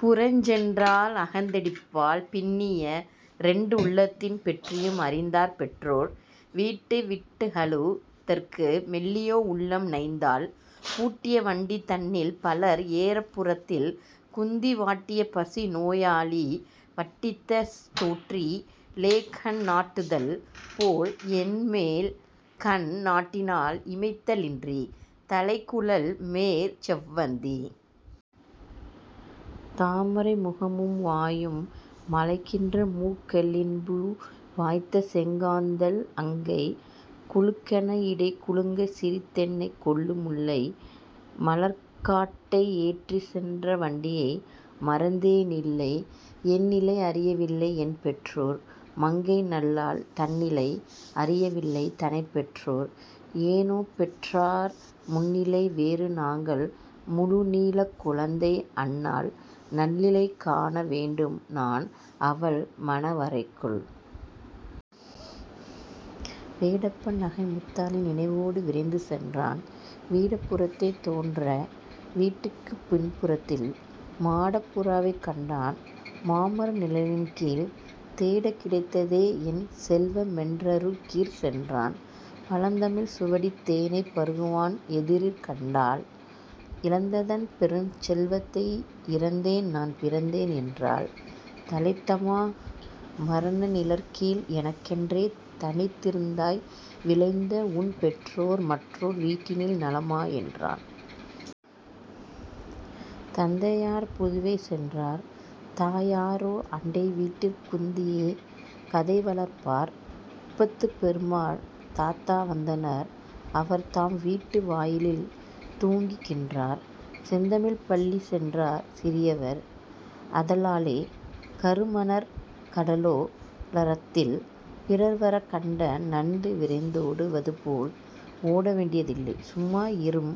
புறஞ்சென்றாள் அகந்து டிப்பாள்; பின்னிய இரண்டுள்ளத்தின் பெற்றியும் அறிந்தார் பெற்றோர். வீட்டைவிட் டகலு தற்கு மெல்லியோ உள்ளம் நைந்தாள்! பூட்டிய வண்டி தன்னில் பலர்ஏறப் புறத்தில் குந்தி வாட்டிய பசிநோ யாளி வட்டித்த சோற்றி லேகண் நாட்டுதல் போல்என் மேல்கண் நாட்டினாள் இமைத்த லின்றி! தலைக்குழல் மேற்செவ் வந்தி! தாமரை, முகமும் வாயும்! மலைக்கின்ற மூக்கெள் ளின்பூ! வாய்த்தசெங் காந்தள் அங்கை! குலுக்கென இடைகு லுங்கச் சிரித்தென்னைக் கொல்லு முல்லை! மலர்க்காட்டை ஏற்றிச் சென்ற வண்டியை மறந்தே னில்லை! என்நிலை அறிய வில்லை என்பெற்றோர்; மங்கை நல்லாள் தன்னிலை அறிய வில்லை தனைப்பெற்றோர்! ஏனோ பெற்றார் முன்நிலை வேறு நாங்கள் முழுநீளக் குழந்தை அந்நாள்; நன்னிலை காண வேண்டும் நான்அவள், மணவ றைக்குள்! வேடப்பன் நகைமுத் தாளின் நினைவொடு விரைந்து சென்றான். வீடப்பு றத்தே தோன்ற வீட்டுக்குப் பின்பு றத்தில் மாடப்பு றாவைக் கண்டான் மாமர நீழ லின்கீழ்! தேடக்கி டைத்த தேஎன் செல்வமென் றருகிற் சென்றான். பழந்தமிழ்ச் சுவடித் தேனைப் பருகுவான் எதிரிற் கண்டாள்; இழந்ததன் பெருஞ்செல் வத்தை 'இறந்தேன் நான் பிறந்தேன்' என்றாள் 'தழைத்தமா மரநி ழற்கீழ் எனக்கென்றே தனித்தி ருந்தாய் விழைந்தஉன் பெற்றோர் மற்றோர் வீட்டினில் நலமோ' என்றான். 'தந்தையார் புதுவை சென்றார்; தாயாரோ அண்டை வீட்டிற் குந்தியே கதைவ ளர்ப்பார்; குப்பத்துப் பெருமாள் தாத்தா வந்தனர் அவர்தாம் வீட்டு வாயிலில் தூங்கு கின்றார்; செந்தமிழ்ப் பள்ளி சென்றார் சிறியவர்! ஆத லாலே; கருமணற் கடலோ ரத்தில் பிறர்வரக் கண்ட நண்டு விரைந்தோடு வதுபோல் ஓட வேண்டிய தில்லை, சும்மா இரும்;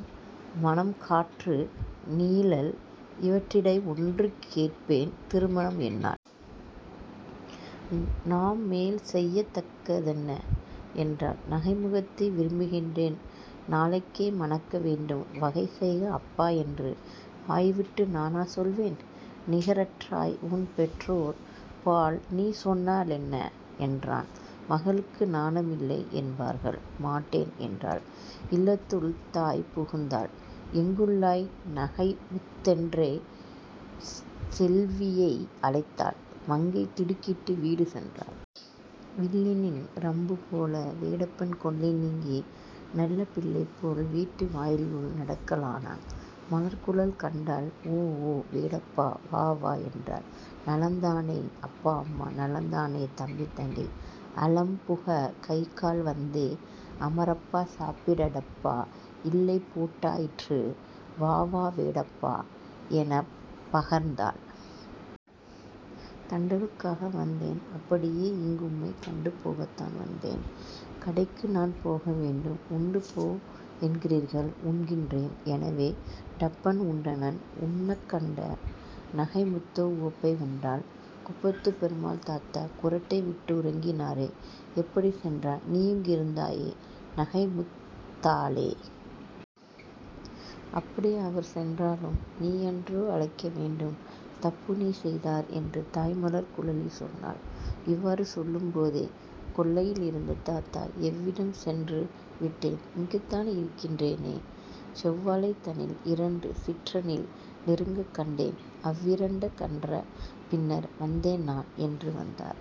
மணம், காற்று, நீழல் இவற்றிடை ஒன்று கேட்பேன்; திருமணம் எந்நாள்? நாம், மேல் செயத்தக்க தென்ன? ' என்றாள் 'நகைமுத்தை விரும்பு கின்றேன் நாளைக்கே மணக்க வேண்டும் வகைசெய்க அப்பா என்று வாய்விட்டு நானா சொல்வேன்? நிகரற்றாய் உன்பெற் றோர்பால் நீசொன்னா லென்ன? ' என்றான்; 'மகளுக்கு நாண மில்லை என்பார்கள்; மாட்டேன்' என்றாள். இல்லத்துள் தாய்பு குந்தாள்; 'எங்குள்ளாய் நகைமுத்' தென்றே செல்வியை அழைத்தாள்; மங்கை திடுக்கிட்டு வீடு சென்றாள். வில்லினின் றம்பு போல வேடப்பன் கொல்லை நீங்கி நல்லபிள் ளைபோல் வீட்டு வாயிலுள் நடக்கலானான். மலர்க்குழல் கண்டாள் 'ஓ! ஓ! வேடப்பா வாவா' என்றாள். 'நலந்தானே அப்பா அம்மா? நலந்தானே தம்பி தங்கை? அலம்புக கைகால் வந்தே அமரப்பா சாப்பி டப்பா இலைபோட்டா யிற்று வாவா வேடப்பா' எனப்ப கர்ந்தாள். 'தண்டலுக் காக வந்தேன்; அப்படி யேஇங் கும்மைக் கண்டுபோ கத்தான் வந்தேன்; கடைக்குநான் போக வேண்டும் உண்டுபோ என்கின் றீர்கள் உண்கின்றேன்' எனவே டப்பன் உண்டனன்; உண்ணக் கண்ட நகைமுத்தோ உவப்பை உண்டாள். 'குப்பத்துப் பெருமாள் தாத்தா குறட்டைவிட் டுறங்கி னாரே; எப்படிச் சென்றார்? நீயிங் கிருந்தாயே நகைமுத் தாளே! அப்படி அவர்சென் றாலும் நீயன்றோ அழைக்க வேண்டும் தப்புநீ செய்தாய்' என்று தாய்மலர்க் குழலி சொன்னாள். இவ்வாறு சொல்லும் போதே கொல்லையி லிருந்த தாத்தா 'எவ்விடம் சென்று விட்டேன் இங்குத்தான் இருக்கின் றேனே; செவ்வாழை தனில்இ ரண்டு சிற்றணில் நெருங்கக் கண்டேன் அவ்விரண் டகன்ற பின்னர் வந்தேன்நான்' என்று வந்தார்.